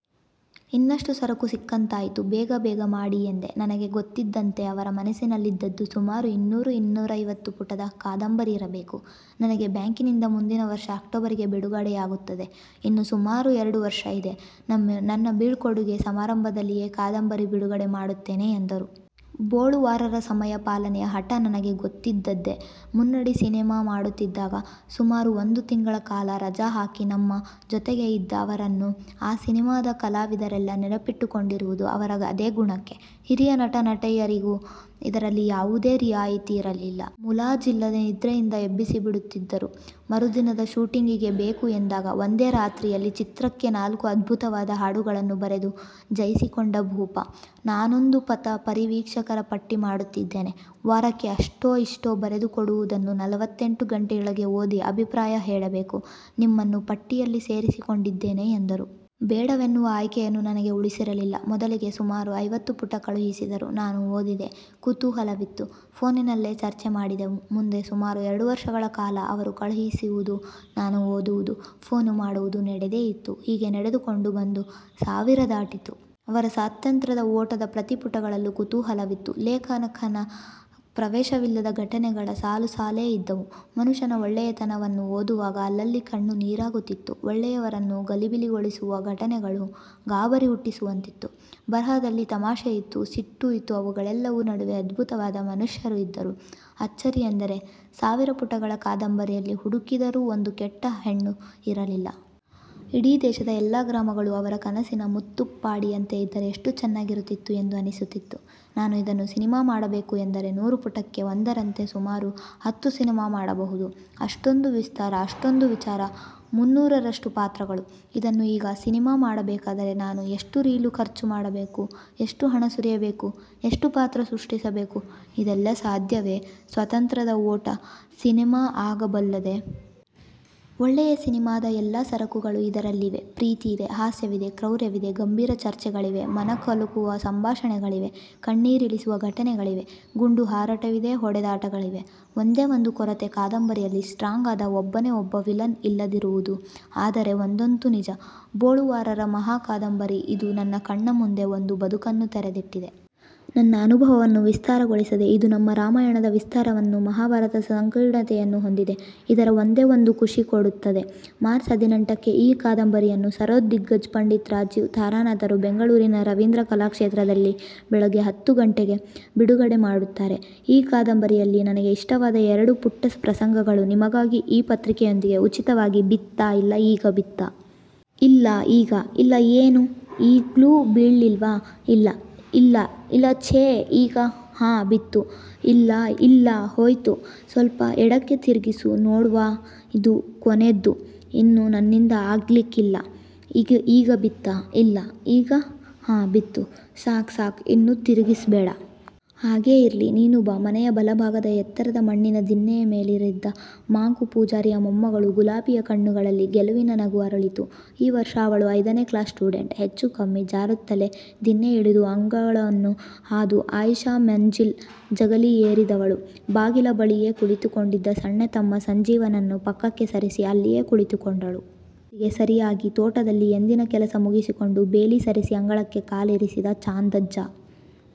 ಇನ್ನಷ್ಟು ಸರಕು ಸಿಕ್ಕಂತಾಯಿತು ಬೇಗ ಬೇಗ ಮಾಡಿ' ಎಂದೆ. ನನಗೆ ಗೊತ್ತಿದ್ದಂತೆ ಅವರ ಮನಸ್ಸಿನಲ್ಲಿದ್ದದ್ದು ಸುಮಾರು ಇನ್ನೂರು ಇನ್ನೂರೈವತ್ತು ಪುಟದ ಕಾದಂಬರಿ ಇರಬೇಕು. ನನಗೆ ಬ್ಯಾಂಕಿನಿಂದ ಮುಂದಿನ ವರ್ಷ ಅಕ್ಟೋಬರಿಗೆ ಬಿಡುಗಡೆಯಾಗುತ್ತದೆ. ಇನ್ನು ಸುಮಾರು ಎರಡು ವರ್ಷ ಇದೆ. ನನ್ನ ಬೀಳ್ಕೊಡುಗೆ ಸಮಾರಂಭದಲ್ಲಿಯೇ ಕಾದಂಬರಿ ಬಿಡುಗಡೆ ಮಾಡುತ್ತೇನೆ ಎಂದರು. ಬೊಳುವಾರರ ಸಮಯ ಪಾಲನೆಯ ಹಠ ನನಗೆ ಗೊತ್ತಿದ್ದದ್ದೇ. ಮುನ್ನುಡಿ ಸಿನೆಮಾ ಮಾಡುತ್ತಿದ್ದಾಗ ಸುಮಾರು ಒಂದು ತಿಂಗಳ ಕಾಲ ರಜ ಹಾಕಿ ನಮ್ಮ ಜೊತೆಗೆ ಇದ್ದ ಅವರನ್ನು ಆ ಸಿನೆಮಾದ ಕಲಾವಿದರೆಲ್ಲ ನೆನಪಿಟ್ಟುಕೊಂಡಿರುವುದು ಅವರ ಅದೇ ಗುಣಕ್ಕೆ. ಹಿರಿಯ ನಟ ನಟಿಯರಿಗೂ ಇದರಲ್ಲಿ ಯಾವುದೇ ರಿಯಾಯಿತಿ ಇರಲಿಲ್ಲ. ಮುಲಾಜಿಲ್ಲದೆ ನಿದ್ರೆಯಿಂದ ಎಬ್ಬಿಸಿಬಿಡುತ್ತಿದ್ದರು. ಮರುದಿನದ ಶೂಟಿಂಗಿಗೆ ಬೇಕು ಎಂದಾಗ ಒಂದೇ ರಾತ್ರಿಯಲ್ಲಿ ಚಿತ್ರಕ್ಕೆ ನಾಲ್ಕು ಅದ್ಭುತವಾದ ಹಾಡುಗಳನ್ನು ಬರೆದು ಜೈಸಿಕೊಂಡ ಭೂಪ. ನಾನೊಂದು ಪಥ ಪರಿವೀಕ್ಷಕರ ಪಟ್ಟಿ ಮಾಡುತ್ತಿದ್ದೇನೆ. ವಾರಕ್ಕೆ ಅಷ್ಟೋ ಇಷ್ಟೋ ಬರೆದು ಕೊಡುವುದನ್ನು ನಲವತ್ತೆಂಟು ಗಂಟೆಯೊಳಗೆ ಓದಿ ಅಭಿಪ್ರಾಯ ಹೇಳಬೇಕು. ನಿಮ್ಮನ್ನು ಪಟ್ಟಿಯಲ್ಲಿ ಸೇರಿಸಿಕೊಂಡಿದ್ದೇನೆ ಎಂದರು. ಬೇಡವೆನ್ನುವ ಆಯ್ಕೆಯನ್ನೂ ನನಗೆ ಉಳಿಸಿರಲಿಲ್ಲ. ಮೊದಲಿಗೆ ಸುಮಾರು ಐವತ್ತು ಪುಟ ಕಳುಹಿಸಿದರು. ನಾನು ಓದಿದೆ. ಕುತೂಹಲವಿತ್ತು. ಫೋನಿನಲ್ಲೇ ಚರ್ಚೆ ಮಾಡಿದೆವು. ಮುಂದೆ ಸುಮಾರು ಎರಡು ವರ್ಷಗಳ ಕಾಲ ಅವರು ಕಳುಹಿಸುವುದು ನಾನು ಓದುವುದು, ಫೋನು ಮಾಡುವುದು ನಡೆದೇ ಇತ್ತು. ಹೀಗೇ ನಡೆದುಕೊಂಡು ಬಂದು ಸಾವಿರ ದಾಟಿತು. ಅವರ ಸ್ವಾತಂತ್ರ್ಯದ ಓಟದ ಪ್ರತಿ ಪುಟಗಳಲ್ಲೂ ಕುತೂಹಲವಿತ್ತು. ಲೇಖಕನ ಪ್ರವೇಶವಿಲ್ಲದ ಘಟನೆಗಳ ಸಾಲು ಸಾಲೇ ಇದ್ದವು. ಮನುಷ್ಯನ ಒಳ್ಳೆಯತನವನ್ನು ಓದುವಾಗ ಅಲ್ಲಲ್ಲಿ ಕಣ್ಣು ನೀರಾಗುತ್ತಿತ್ತು. ಒಳ್ಳೆಯವರನ್ನು ಗಲಿಬಿಲಿಗೊಳಿಸುವ ಘಟನೆಗಳು ಗಾಬರಿ ಹುಟ್ಟಿಸುವಂತಿತ್ತು. ಬರಹದಲ್ಲಿ ತಮಾಷೆಯಿತ್ತು, ಸಿಟ್ಟು ಇತ್ತು, ಅವೆಲ್ಲವುಗಳ ನಡುವೆ ಅದ್ಭುತವಾದ ಮನುಷ್ಯರು ಇದ್ದರು. ಅಚ್ಚರಿಯೆಂದರೆ ಸಾವಿರ ಪುಟಗಳ ಕಾದಂಬರಿಯಲ್ಲಿ ಹುಡುಕಿದರೂ ಒಂದು ಕೆಟ್ಟ ಹೆಣ್ಣು ಇರಲಿಲ್ಲ. ಇಡೀ ದೇಶದ ಎಲ್ಲ ಗ್ರಾಮಗಳೂ ಅವರ ಕನಸಿನ ಮುತ್ತುಪ್ಪಾಡಿಯಂತೆ ಇದ್ದರೆ ಎಷ್ಟು ಚೆನ್ನಾಗಿರುತ್ತಿತ್ತು ಎಂದು ಅನ್ನಿಸುತ್ತಿತ್ತು. ನಾನು ಇದನ್ನು ಸಿನಿಮಾ ಮಾಡಬೇಕು ಎಂದರೆ ನೂರು ಪುಟಕ್ಕೆ ಒಂದರಂತೆ ಸುಮಾರು ಹತ್ತು ಸಿನಿಮಾ ಮಾಡಬಹುದು. ಅಷ್ಟೊಂದು ವಿಸ್ತಾರ, ಅಷ್ಟೊಂದು ವಿಚಾರ, ಮುನ್ನೂರರಷ್ಟು ಪಾತ್ರಗಳು. ಇದನ್ನು ಈಗ ಸಿನೆಮಾ ಮಾಡಬೇಕಾದರೆ, ನಾನು ಎಷ್ಟು ರೀಲು ಖರ್ಚು ಮಾಡಬೇಕು, ಎಷ್ಟು ಹಣ ಸುರಿಯಬೇಕು, ಎಷ್ಟು ಪಾತ್ರ ಸೃಷ್ಟಿಸಬೇಕು ಇದೆಲ್ಲ ಸಾಧ್ಯವೇ ಸ್ವಾತಂತ್ರ್ಯದ ಓಟ ಸಿನೆಮಾ ಆಗಬಲ್ಲುದೆ? ಒಳ್ಳೆಯ ಸಿನೆಮಾದ ಎಲ್ಲ ಸರಕುಗಳೂ ಇದರಲ್ಲಿವೆ. ಪ್ರೀತಿಯಿದೆ, ಹಾಸ್ಯವಿದೆ, ಕ್ರೌರ್ಯವಿದೆ, ಗಂಭೀರ ಚರ್ಚೆಗಳಿವೆ, ಮನಕಲಕುವ ಸಂಭಾಷಣೆಗಳಿವೆ. ಕಣ್ಣೀರಿಳಿಸುವ ಘಟನೆಗಳಿವೆ. ಗುಂಡು ಹಾರಾಟವಿದೆ. ಹೊಡೆದಾಟಗಳಿವೆ. ಒಂದೇ ಒಂದು ಕೊರತೆ ಕಾದಂಬರಿಯಲ್ಲಿ ಸ್ಟ್ರಾಂಗ್ ಆದ ಒಬ್ಬನೇ ಒಬ್ಬ ವಿಲನ್ ಇಲ್ಲದಿರುವುದು, ಆದರೆ ಒಂದಂತೂ ನಿಜ. ಬೊಳುವಾರರ ಮಹಾ ಕಾದಂಬರಿ ಇದು ನನ್ನ ಕಣ್ಣ ಮುಂದೆ ಒಂದು ಬದುಕನ್ನು ತೆರೆದಿಟ್ಟಿದೆ. ನನ್ನ ಅನುಭವವನ್ನು ವಿಸ್ತಾರಗೊಳಿಸಿದೆ. ಇದು ನಮ್ಮ ರಾಮಾಯಣದ ವಿಸ್ತಾರವನ್ನೂ, ಮಹಾಭಾರತದ ಸಂಕೀರ್ಣತೆಯನ್ನೂ ಹೊಂದಿದೆ. ಇದರ ಓದೇ ಒಂದು ಖುಷಿ ಕೊಡುತ್ತದೆ. ಮಾರ್ಚ್ ಹದಿನೆಂಟಕ್ಕೆ ಈ ಕಾದಂಬರಿಯನ್ನು ಸರೋದ್ ದಿಗ್ಗಜ ಪಂಡಿತ್ ರಾಜೀವ್ ತಾರಾನಾಥರು ಬೆಂಗಳೂರಿನ ರವೀಂದ್ರ ಕಲಾಕ್ಷೇತ್ರದಲ್ಲಿ ಬೆಳಗ್ಗೆ ಹತ್ತು ಗಂಟೆಗೆ ಬಿಡುಗಡೆ ಮಾಡುತ್ತಾರೆ. ಈ ಕಾದಂಬರಿಯಲ್ಲಿ ನನಗೆ ಇಷ್ಟವಾದ ಎರಡು ಪುಟ್ಟ ಪ್ರಸಂಗಗಳು ನಿಮಗಾಗಿ, ಈ ಪತ್ರಿಕೆಯೊಂದಿಗಿ ಉಚಿತವಾಗಿ ಬಿತ್ತಾ ಇಲ್ಲ 'ಈಗ ಬಿತ್ತಾ? ಇಲ್ಲ 'ಈಗಾ?' ಇಲ್ಲ 'ಏನೂ! ಈಗ್ಲೂ ಬೀಳ್ಳಿಲ್ವಾ? 'ಇಲ್ಲಾ, ಇಲ್ಲಾ, ಇಲ್ಲಾ'ಛೇ! ಈಗಾ? ಹಾಂ ಬಿತ್ತೂ!, ಇಲ್ಲ, ಇಲ್ಲ, ಹೋಯ್ತು. ಸ್ವಲ್ಪ ಎಡಕ್ಕೆ ತಿರ್ಗಿಸು ನೋಡ್ವಾ'ಇದು ಕೊನೇದ್ದು, ಇನ್ನು ನನ್ನಿಂದ ಆಗ್ಲಿಕ್ಕಿಲ್ಲ, ಈಗ ಬಿತ್ತಾ? 'ಇಲ್ಲ ' ಈಗಾ? ಹಾಂ ಬಿತ್ತು. ಸಾಕ್, ಸಾಕ್, ಇನ್ನು ತಿರ್ಗಿಸಬೇಡ. ಹಾಗೇ ಇರ್ಲಿ, ನೀನು ಬಾ. ಮನೆಯ ಬಲಭಾಗದ ಎತ್ತರದ ಮಣ್ಣಿನ ದಿನ್ನೆಯ ಮೇಲೇರಿದ್ದ ಮಾಂಕು ಪೂಜಾರಿಯ ಮೊಮ್ಮಗಳು ಗುಲಾಬಿಯ ಕಣ್ಣುಗಳಲ್ಲಿ ಗೆಲುವಿನ ನಗು ಅರಳಿತು. ಈ ವರ್ಷ ಅವಳು ಐದನೇ ಕ್ಲಾಸ್ ಸ್ಟೂಡೆಂಟ್. ಹೆಚ್ಚು ಕಮ್ಮಿ ಜಾರುತ್ತಲೇ ದಿನ್ನೆಯಿಳಿದು ಅಂಗಳವನ್ನು ಹಾದು 'ಆಯಿಷಾ ಮಂಜಿಲ್' ಜಗಲಿಯೇರಿದವಳು ಬಾಗಿಲ ಬಳಿಯೇ ಕುಳಿತುಕೊಂಡಿದ್ದ ಸಣ್ಣತಮ್ಮ ಸಂಜೀವನನ್ನು ಪಕ್ಕಕ್ಕೆ ಸರಿಸಿ ಅಲ್ಲಿಯೇ ಕುಳಿತುಕೊಂಡಳು. ಆ ಹೊತ್ತಿಗೆ ಸರಿಯಾಗಿ ತೋಟದಲ್ಲಿ ಎಂದಿನ ಕೆಲಸ ಮುಗಿಸಿಕೊಂಡು ಬೇಲಿ ಸರಿಸಿ ಅಂಗಳಕ್ಕೆ ಕಾಲಿರಿಸಿದ ಚಾಂದಜ್ಜ,